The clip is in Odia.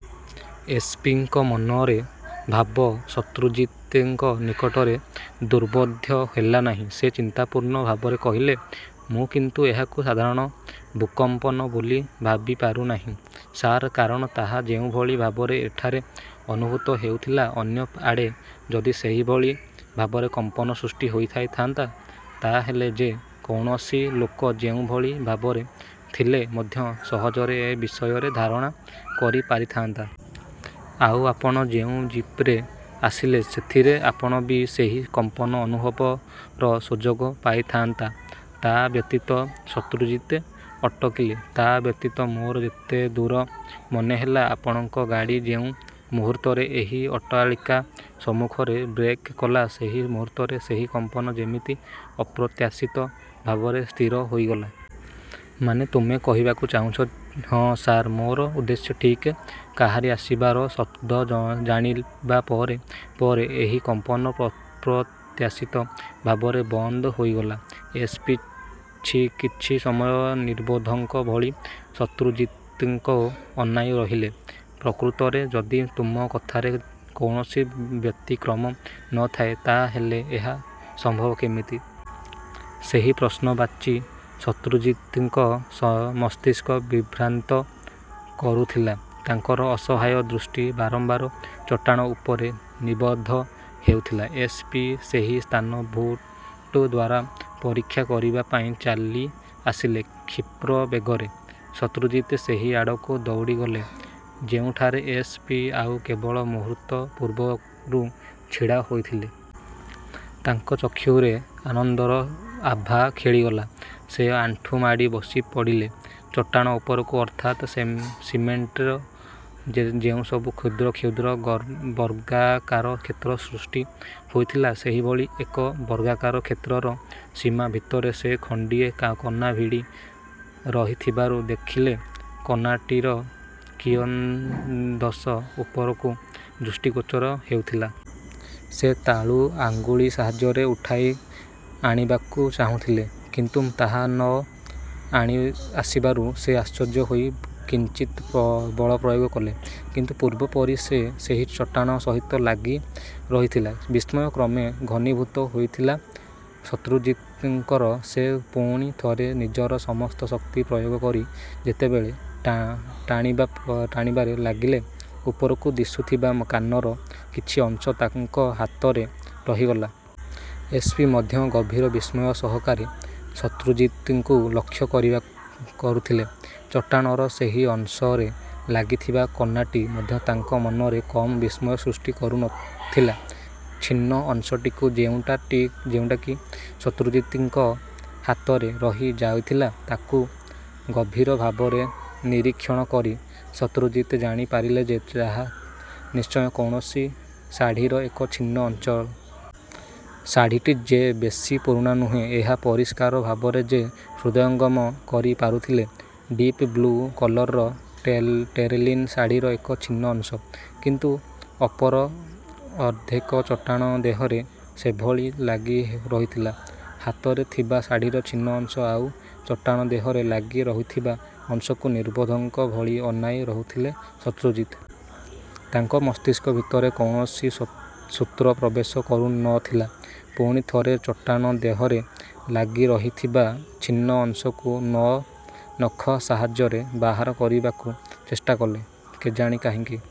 ଏସ୍ ପି ଙ୍କ ମନର ଭାବ ଶତ୍ରୁଜିତ୍‌ଙ୍କ ନିକଟରେ ଦୁର୍ବୋଧ୍ୟ ହେଲା ନାହିଁ। ସେ ଚିନ୍ତାପୂର୍ଣ୍ଣ ଭାବରେ କହିଲେ ମୁଁ କିନ୍ତୁ ଏହାକୁ ସାଧାରଣ ଭୂକମ୍ପନ ବୋଲି ଭାବିପାରୁ ନାହିଁ ସାର୍। କାରଣ ତାହା ଯେଉଁଭଳି ଭାବରେ ଏଠାରେ ଅନୁଭୂତ ହେଉଥିଲା ଅନ୍ୟ ଆଡ଼େ ଯଦି ସେହିଭଳି ଭାବରେ କମ୍ପନ ସୃଷ୍ଟି ହୋଇଥାଆନ୍ତା ତା ହେଲେ ଯେ କୌଣସି ଲୋକ ଯେଉଁଭଳି ଭାବରେ ଥିଲେ ମଧ୍ୟ ସହଜରେ ଏ ବିଷୟରେ ଧାରଣା କରି ପାରିଥାଆନ୍ତା। ଆଉ ଆପଣ ଯେଉଁ ଜିପରେ ଆସିଲେ ସେଥିରେ ଆପଣ ବି ସେହି କମ୍ପନ ଅନୁଭବର ସୁଯୋଗ ପାଇଥାଆନ୍ତା। ତା ବ୍ୟତୀତ ଶତ୍ରୁଜିତ୍ ଅଟକିଲେ। ତା ବ୍ୟତୀତ ମୋର ଯେତେଦୂର ମନେହେଲା ଆପଣଙ୍କ ଗାଡ଼ି ଯେଉଁ ମୁହୂର୍ତ୍ତରେ ଏହି ଅଟ୍ଟାଳିକା ସମ୍ମୁଖରେ ବ୍ରେକ୍ କଲା ସେହି ମୁହୂର୍ତ୍ତରେ ସେହି କମ୍ପନ ଯେମିତି ଅପ୍ରତ୍ୟାଶିତ ଭାବରେ ସ୍ଥିର ହୋଇଗଲା। ମାନେ ତୁମେ କହିବାକୁ ଚାହୁଁଛ ହଁ ସାର୍ ମୋର ଉଦ୍ଦେଶ୍ୟ ଠିକ୍ କାହାରି ଆସିବାର ଶବ୍ଦ ଜାଣିବା ପରେ ପରେ ଏହି କମ୍ପନ ଅପ୍ରତ୍ୟାଶିତ ଭାବରେ ବନ୍ଦ ହୋଇଗଲା। ଏସ୍ ପି କିଛି ସମୟ ନିର୍ବୋଧଙ୍କ ଭଳି ଶତ୍ରୁଜିତ୍‌ଙ୍କୁ ଅନାଇ ରହିଲେ। ପ୍ରକୃତରେ ଯଦି ତୁମ କଥାରେ କୌଣସି ବ୍ୟତିକ୍ରମ ନ ଥାଏ ତା ହେଲେ ଏହା ସମ୍ଭବ କେମିତି? ସେହି ପ୍ରଶ୍ନବାଚୀ ଶତ୍ରୁଜିତ୍‌ଙ୍କ ମସ୍ତିଷ୍କ ବିଭ୍ରାନ୍ତ କରୁଥିଲା। ତାଙ୍କର ଅସହାୟ ଦୃଷ୍ଟି ବାରମ୍ବାର ଚଟାଣ ଉପରେ ନିବଦ୍ଧ ହେଉଥିଲା। ଏସ୍ ପି ସେହି ସ୍ଥାନ ବୁଟ୍ ଦ୍ୱାରା ପରୀକ୍ଷା କରିବା ପାଇଁ ଚାଲି ଆସିଲେ। କ୍ଷିପ୍ର ବେଗରେ ଶତ୍ରୁଜିତ୍ ସେହି ଆଡ଼କୁ ଦୌଡ଼ିଗଲେ ଯେଉଁଠାରେ ଏସ୍ ପି ଆଉ କେତେକ ମୁହୂର୍ତ୍ତ ପୂର୍ବରୁ ଛିଡ଼ା ହୋଇଥିଲେ। ତାଙ୍କ ଚକ୍ଷୁରେ ଆନନ୍ଦର ଆଭା ଖେଳିଗଲା। ସେ ଆଣ୍ଠୁମାଡ଼ି ବସିପଡ଼ିଲେ। ଚଟାଣ ଉପରକୁ ଅର୍ଥାତ୍ ସିମେଣ୍ଟର ଯେଉଁସବୁ କ୍ଷୁଦ୍ର କ୍ଷୁଦ୍ର ବର୍ଗାକାର କ୍ଷେତ୍ର ସୃଷ୍ଟି ହୋଇଥିଲା ସେହିଭଳି ଏକ ବର୍ଗାକାର କ୍ଷେତ୍ରର ସୀମା ଭିତରେ ସେ ଖଣ୍ଡିଏ କନା ଭିଡ଼ି ରହିଥିବାର ଦେଖିଲେ। କନାଟିର କିୟଦଂଶ ଉପରକୁ ଦୃଷ୍ଟିଗୋଚର ହେଉଥିଲା। ସେ ତାକୁ ଆଙ୍ଗୁଳି ସାହାଯ୍ୟରେ ଉଠାଇ ଆଣିବାକୁ ଚାହୁଁଥିଲେ। କିନ୍ତୁ ତାହା ନ ଆସିବାରୁ ସେ ଆଶ୍ଚର୍ଯ୍ୟ ହୋଇ କିଞ୍ଚିତ୍ ବଳପ୍ରୟୋଗ କଲେ। କିନ୍ତୁ ପୂର୍ବ ପରି ସେ ସେହି ଚଟାଣ ସହିତ ଲାଗି ରହିଥିଲା। ବିସ୍ମୟ କ୍ରମେ ଘନୀଭୂତ ହେଉଥିଲା ଶତ୍ରୁଜିତ୍‌ଙ୍କର। ସେ ପୁଣି ଥରେ ନିଜର ସମସ୍ତ ଶକ୍ତି ପ୍ରୟୋଗ କରି ଯେତେବେଳେ ଟାଣିବାରେ ଲାଗିଲେ ଉପରକୁ ଦିଶୁଥିବା କାନର କିଛି ଅଂଶ ତାଙ୍କ ହାତରେ ରହିଗଲା। ଏସ୍ ପି ମଧ୍ୟ ଗଭୀର ବିସ୍ମୟ ସହକାରେ ଶତ୍ରୁଜିତ୍‌ଙ୍କୁ ଲକ୍ଷ୍ୟ କରୁଥିଲେ। ଚଟାଣର ସେହି ଅଂଶରେ ଲାଗିଥିବା କନାଟି ମଧ୍ୟ ତାଙ୍କ ମନରେ କମ୍ ବିସ୍ମୟ ସୃଷ୍ଟି କରୁ ନ ଥିଲା। ଛିନ୍ନ ଅଂଶଟିକୁ ଯେଉଁଟା କି ଶତ୍ରୁଜିତ୍‌ଙ୍କ ହାତରେ ରହି ଯାଇଥିଲା ତାକୁ ଗଭୀର ଭାବରେ ନିରୀକ୍ଷଣ କରି ଶତ୍ରୁଜିତ୍ ଜାଣି ପାରିଲେ ଯେ ତାହା ନିଶ୍ଚୟ କୌଣସି ଶାଢ଼ିର ଏକ ଛିନ୍ନ ଅଞ୍ଚଳ। ଶାଢ଼ିଟି ଯେ ବେଶି ପୁରୁଣା ନୁହେଁ ଏହା ପରିଷ୍କାର ଭାବରେ ସେ ହୃଦୟଙ୍ଗମ କରି ପାରୁଥିଲେ। ଡିପ୍ ବ୍ଲୁ କଲରର ଟେରେଲିନ୍ ଶାଢ଼ିର ଏକ ଛିନ୍ନ ଅଂଶ; କିନ୍ତୁ ଅପର ଅର୍ଦ୍ଧେକ ଚଟାଣ ଦେହରେ ସେହିଭଳି ଲାଗି ରହିଥିଲା। ହାତରେ ଥିବା ଶାଢ଼ିର ଛିନ୍ନ ଅଂଶ ଆଉ ଚଟାଣ ଦେହରେ ଲାଗି ରହିଥିବା ଅଂଶକୁ ନିର୍ବୋଧଙ୍କ ଭଳି ଅନାଇ ରହିଥିଲେ ଶତ୍ରୁଜିତ୍। ତାଙ୍କ ମସ୍ତିଷ୍କ ଭିତରେ କୌଣସି ସୂତ୍ର ପ୍ରବେଶ କରୁ ନ ଥିଲା। ପୁଣି ଥରେ ଚଟାଣ ଦେହରେ ଲାଗିରହିଥିବା ଛିନ୍ନ ଅଂଶକୁ ନଖ ସାହାଯ୍ୟରେ ବାହାର କରିବାକୁ ଚେଷ୍ଟା କଲେ। କେଜାଣି କାହିଁକି